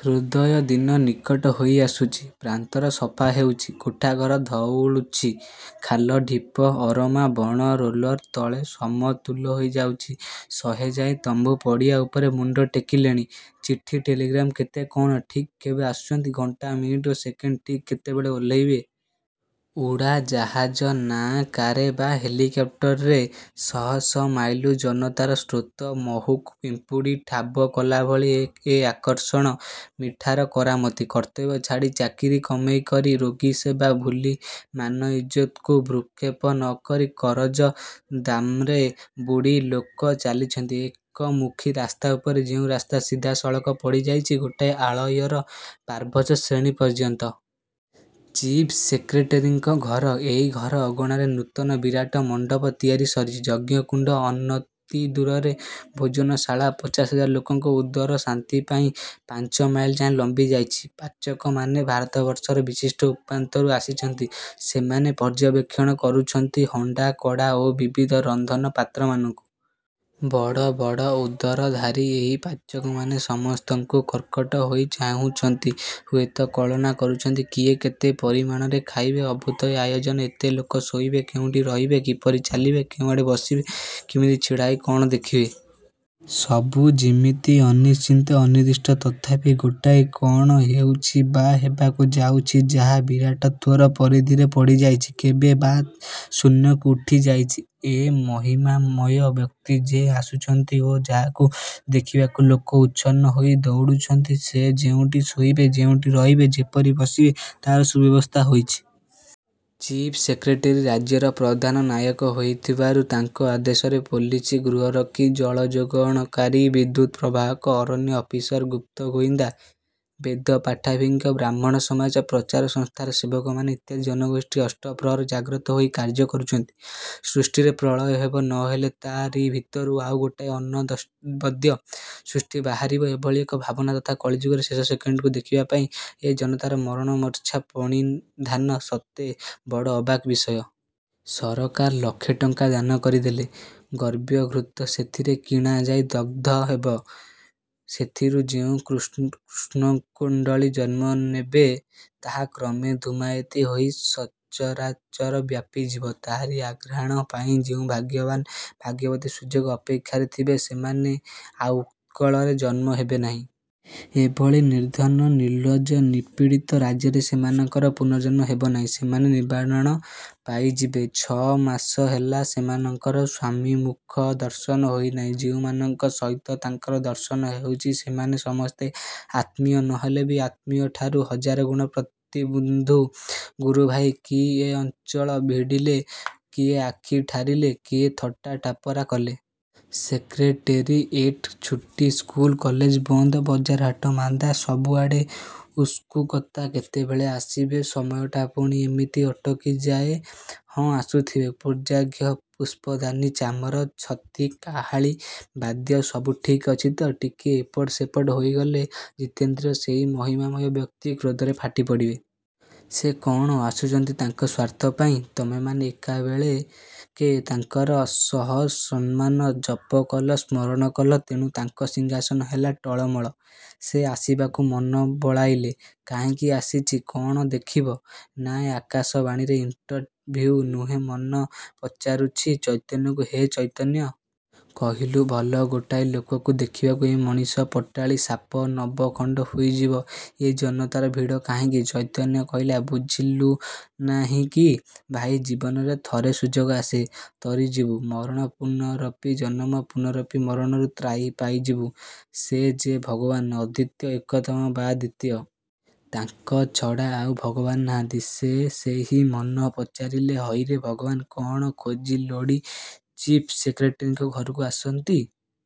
ହୃଦୟ ଦିନ ନିକଟ ହୋଇଆସୁଛି। ପ୍ରାନ୍ତର ସଫା ହେଉଛି। କୋଠାଘର ଧଉଳୁଛି। ଖାଲ, ଢିପ, ଅରମା ବଣ ରୋଲର୍ ତଳେ ସମତୁଲ ହୋଇ ଯାଉଛି। ଶହେଯାଏ ତମ୍ବୁ ପଡ଼ିଆ ଉପରେ ମୁଣ୍ଡ ଟେକିଲେଣି। ଚିଠି, ଟେଲିଗ୍ରାମ୍ କେତେ କଅଣ? ଠିକ୍ କେବେ ଆସୁଛନ୍ତି? ଘଣ୍ଟା, ମିନିଟ୍ ଓ ସେକେଣ୍ଡ ଠିକ୍ କେତେବେଳେ ଓହ୍ଲେଇବେ? ଉଡ଼ାଜାହାଜ ନା କାର୍ରେ ବା ହେଲିକ୍ପଟରରେ? ଶହ ଶହ ମାଇଲରୁ ଜନତାର ସ୍ରୋତ। ମହୁକୁ ପିମ୍ପୁଡ଼ି ଠାବକଲାଭଳି ଏ ଆକର୍ଷଣ। ମିଠାର କରାମତି। କର୍ତ୍ତବ୍ୟ ଛାଡ଼ି ଚାକିରି କମେଇ କରି, ରୋଗୀସେବା ଭୁଲି, ମାନ-ଇଜ୍ଜତ୍କୁ ଭ୍ରୂକ୍ଷେପ ନ କରି, କରଜ-ଦାମ୍ରେ ବୁଡ଼ି ଲୋକେ ଚାଲିଛନ୍ତି ଏକମୁଖୀ ରାସ୍ତା ଉପରେ, ଯେଉଁ ରାସ୍ତା ସିଧା, ସଳଖ ପଡ଼ିଯାଇଛି ଗୋଟାଏ ଆଳୟର ପାବଚ୍ଛଶ୍ରେଣୀ ପର୍ଯ୍ୟନ୍ତ। ଚିଫ୍ ସେକ୍ରେଟେରୀଙ୍କ ଘର। ଏଇ ଘର ଅଗଣାରେ ନୂତନ ବିରାଟ ମଣ୍ଡପ ତିଆରି ସରିଛି। ଯଜ୍ଞକୁଣ୍ଡ ଅନତିଦୂରରେ। ଭୋଜନଶାଳା ପଚାଶ ହଜାର ଲୋକଙ୍କ ଉଦର ଶାନ୍ତିପାଇଁ ପାଞ୍ଚମାଇଲ୍ ଯାଏ ଲମ୍ବିଯାଇଛି। ପାଚକମାନେ ଭାରତବର୍ଷର ବିଶିଷ୍ଟ ଉପାନ୍ତରୁ ଆସିଛନ୍ତି। ସେମାନେ ପର୍ଯ୍ୟବେକ୍ଷଣ କରୁଛନ୍ତି ହଣ୍ଡା, କଡ଼ା ଓ ବିବିଧ ରନ୍ଧନପାତ୍ରମାନଙ୍କୁ। ବଡ଼ ବଡ଼ ଉଦରଧାରୀ ଏହି ପାଚକମାନେ ସମସ୍ତଙ୍କୁ କଟ୍ମଟ୍ ହୋଇ ଚାହୁଁଛନ୍ତି, ହୁଏତ କଳନା କରୁଛନ୍ତି କିଏ କେତେ ପରିମାଣରେ ଖାଇବେ। ଅଦ୍ଭୁତ ଏ ଆୟୋଜନ। ଏତେ ଲୋକ ଶୋଇବେ କେଉଁଠି, ରହିବେ କିପରି, ଚାଲିବେ କେଉଁଆଡ଼େ, ବସିବେ କିମିତି, ଛିଡ଼ା ହୋଇ କଅଣ ଦେଖିବେ। ସବୁ ଯିମିତି ଅନିଶ୍ଚିତ, ଅନିର୍ଦ୍ଦିଷ୍ଟ। ତଥାପି ଗୋଟାଏ କଅଣ ହେଉଛି ବା ହେବାକୁ ଯାଉଛି, ଯାହା। ବିରାଟତ୍ଵର ପରିଧିରେ ପଡ଼ିଯାଇଛି, କେବେ ବା ଶୂନ୍ୟକୁ ଉଠିଯାଇଛି। ଏ ମହିମାମୟ ବ୍ୟକ୍ତି ଯେ ଆସୁଛନ୍ତି ଓ ଯାହାକୁ ଦେଖିବାକୁ ଲୋକେ ଉଚ୍ଛନ୍ନ ହୋଇ ଦଉଡ଼ୁଛନ୍ତି, ସେ ଯେଉଁଠି ଶୋଇବେ, ଯେଉଁଠି ରହିବେ ଓ ଯେପରି ବସିବେ ତାହାର ସୁବ୍ୟବସ୍ଥା ହୋଇଛି। ଚିଫ୍ ସେକ୍ରେଟେରୀ ରାଜ୍ୟର ପ୍ରଧାନ ନାୟକ ହୋଇଥିବାରୁ ତାଙ୍କ ଆଦେଶରେ ପୋଲିସ, ଗୃହରକ୍ଷୀ, ଜଳଯୋଗାଣକାରୀ, ବିଦ୍ୟୁତ୍ ପ୍ରବାହକ, ଅରଣ୍ୟ ଅଫିସର, ଗୁପ୍ତ ଗୋଇନ୍ଦା, ବେଦପାଠାଭିଜ୍ଞ ବ୍ରାହ୍ମଣସମାଜ, ପ୍ରଚାର ସଂସ୍ଥାର ସେବକମାନେ ଇତ୍ୟାଦି ଜନଗୋଷ୍ଠୀ ଅଷ୍ଟପ୍ରହର ଜାଗ୍ରତ ହୋଇ କାର୍ଯ୍ୟ କରୁଛନ୍ତି। ସୃଷ୍ଟିରେ ପ୍ରଳୟ ହେବ, ନ ହେଲେ ତା'ରିଭିତରୁ ଆଉ ଗୋଟାଏ ଅନବଦ୍ୟ ସୃଷ୍ଟି ବାହାରିବ, ଏଭଳି ଏକ ଭାବନା ତଥା କଳିଯୁଗର ଶେଷ ସେକେଣ୍ଡକୁ ଦେଖିବାପାଇଁ ଏ ଜନତାର ମରଣମୂର୍ଚ୍ଛା ପ୍ରଣିଧାନ ସତେ ବଡ଼ ଅବାକ୍ ବିଷୟ। ସରକାର ଲକ୍ଷେ ଟଙ୍କା ଦାନ କରିଦେଲେ। ଗବ୍ୟଘୃତ ସେଥିରେ କିଣାଯାଇ ଦଗ୍ଧ ହେବ। ସେଥିରୁ ଯେଉଁ କୃଷ୍ଣକୁଣ୍ଡଳୀ ଜନ୍ମନେବ, ତାହା କ୍ରମେ ଧୂମାୟିତ ହୋଇ ସଚରାଚର ବ୍ୟାପିଯିବ। ତାହାରି ଆଘ୍ରାଣ ପାଇ ଯେଉଁ ଭାଗ୍ୟବାନ ଭାଗ୍ୟବତୀ ସୁଯୋଗ ଅପେକ୍ଷାରେ ଥିବେ, ସେମାନେ ଆଉ ଉତ୍କଳରେ ଜନ୍ମ ହେବେନାହିଁ। ଏଭଳି ନିର୍ଦ୍ଧନ, ନିର୍ଲ୍ଲଜ୍ଜ, ନିପୀଡ଼ିତ ରାଜ୍ୟରେ ସେମାନଙ୍କର ପୁନର୍ଜନ୍ମ ହେବନାହିଁ। ସେମାନେ ନିର୍ବାଣ ପାଇଯିବେ। ଛଅମାସ ହେଲା ସେମାନଙ୍କର ସ୍ଵାମୀମୁଖ ଦର୍ଶନ ହୋଇନାହିଁ। ଯେଉଁମାନଙ୍କ ସହିତ ତାଙ୍କର ଦର୍ଶନ ହେଉଛି, ସେମାନେ ସମସ୍ତେ ଆତ୍ମୀୟ ନହେଲେ ବି ଆତ୍ମୀୟଠାରୁ ହଜାର ଗୁଣ ପ୍ରୀତିବନ୍ଧୁ, ଗୁରୁଭାଇ। କିଏ ଅଞ୍ଚଳ ଭିଡ଼ିଲେ, କିଏ ଆଖି ଠାରିଲେ, କିଏ ଥଟ୍ଟା ଟାପରା କଲେ। ସେକ୍ରେଟେରୀଏଟ୍ ଛୁଟି, ସ୍କୁଲ କଲେଜ ବନ୍ଦ, ବଜାର ହାଟ ମାନ୍ଦା, ସବୁଆଡ଼େ ଉତ୍ସୁକତା, କେତେବେଳେ ଆସିବେ, ସମୟଟା ପୁଣି ଏମିତି ଅଟକିଯାଏ। ହଁ ଆସୁଥିବେ। ପୂଜାର୍ଘ୍ୟ, ପୁଷ୍ପଦାନି, ଚାମର, ଛତି, କାହାଳୀ, ବାଦ୍ୟ, ସବୁ ଠିକ୍ ଅଛି ତ? ଟିକିଏ ଏପଟ୍ ସେପଟ୍ ହୋଇଗଲେ ଜିତେନ୍ଦ୍ରିୟ ସେହି ମହିମାମୟ ବ୍ୟକ୍ତି କ୍ରୋଧରେ ଫାଟିପଡ଼ିବେ। ସେ କଅଣ ଆସୁଛନ୍ତି ତାଙ୍କ ସ୍ଵାର୍ଥ ପାଇଁ? ତମେମାନେ ଏକାବେଳକେ ତାଙ୍କର ସହସ୍ରନାମ ଜପ କଲ, ସ୍ମରଣ କଲ; ତେଣୁ ତାଙ୍କ ସିଂହାସନ ହେଲା ଟଳମଳ। ସେ ଆସିବାକୁ ମନ ବଳାଇଲେ। କାହିଁକି ଆସିଛ? କଅଣ ଦେଖିବ? ନାଁ, ଏ ଆକାଶବାଣୀର ଇଣ୍ଟରଭିଉ ନୁହେଁ-ମନ ପଚାରୁଛି ଚୈତନ୍ୟକୁ–ହେ ଚୈତନ୍ୟ! କହିଲୁ ଭଲ, ଗୋଟାଏ ଲୋକକୁ ଦେଖିବାକୁ ଏ ମଣିଷପଟାଳି, ସାପ ନବଖଣ୍ଡ ହୋଇଯିବ, ଏ ଜନତାର ଭିଡ଼ କାହିଁକି? ଚୈତନ୍ୟ କହିଲା–ବୁଝିଲୁନାହିଁକି ଭାଇ, ଜୀବନରେ ଥରେ ସୁଯୋଗ ଆସେ। ତରିଯିବୁ, ମରଣ, ପୁନରପି ଜନମ ପୁନରପି ମରଣରୁ–ତ୍ରାହି ପାଇଯିବୁ। ସେ ଯେ ଭଗବାନ… ଅଦ୍ୱିତୀୟ ଏକତମ ବା ଦ୍ୱିତୀୟ। ତାଙ୍କ ଛଡ଼ା ଆଉ ଭଗବାନ ନାହାନ୍ତି। ସେ ସେହି। ମନ ପଚାରିଲା–ହଇରେ, ଭଗବାନ କଅଣ ଖୋଜି ଲୋଡ଼ି ଚିଫ୍ ସେକ୍ରେଟେରୀଙ୍କ ଘରକୁ ଆସନ୍ତି?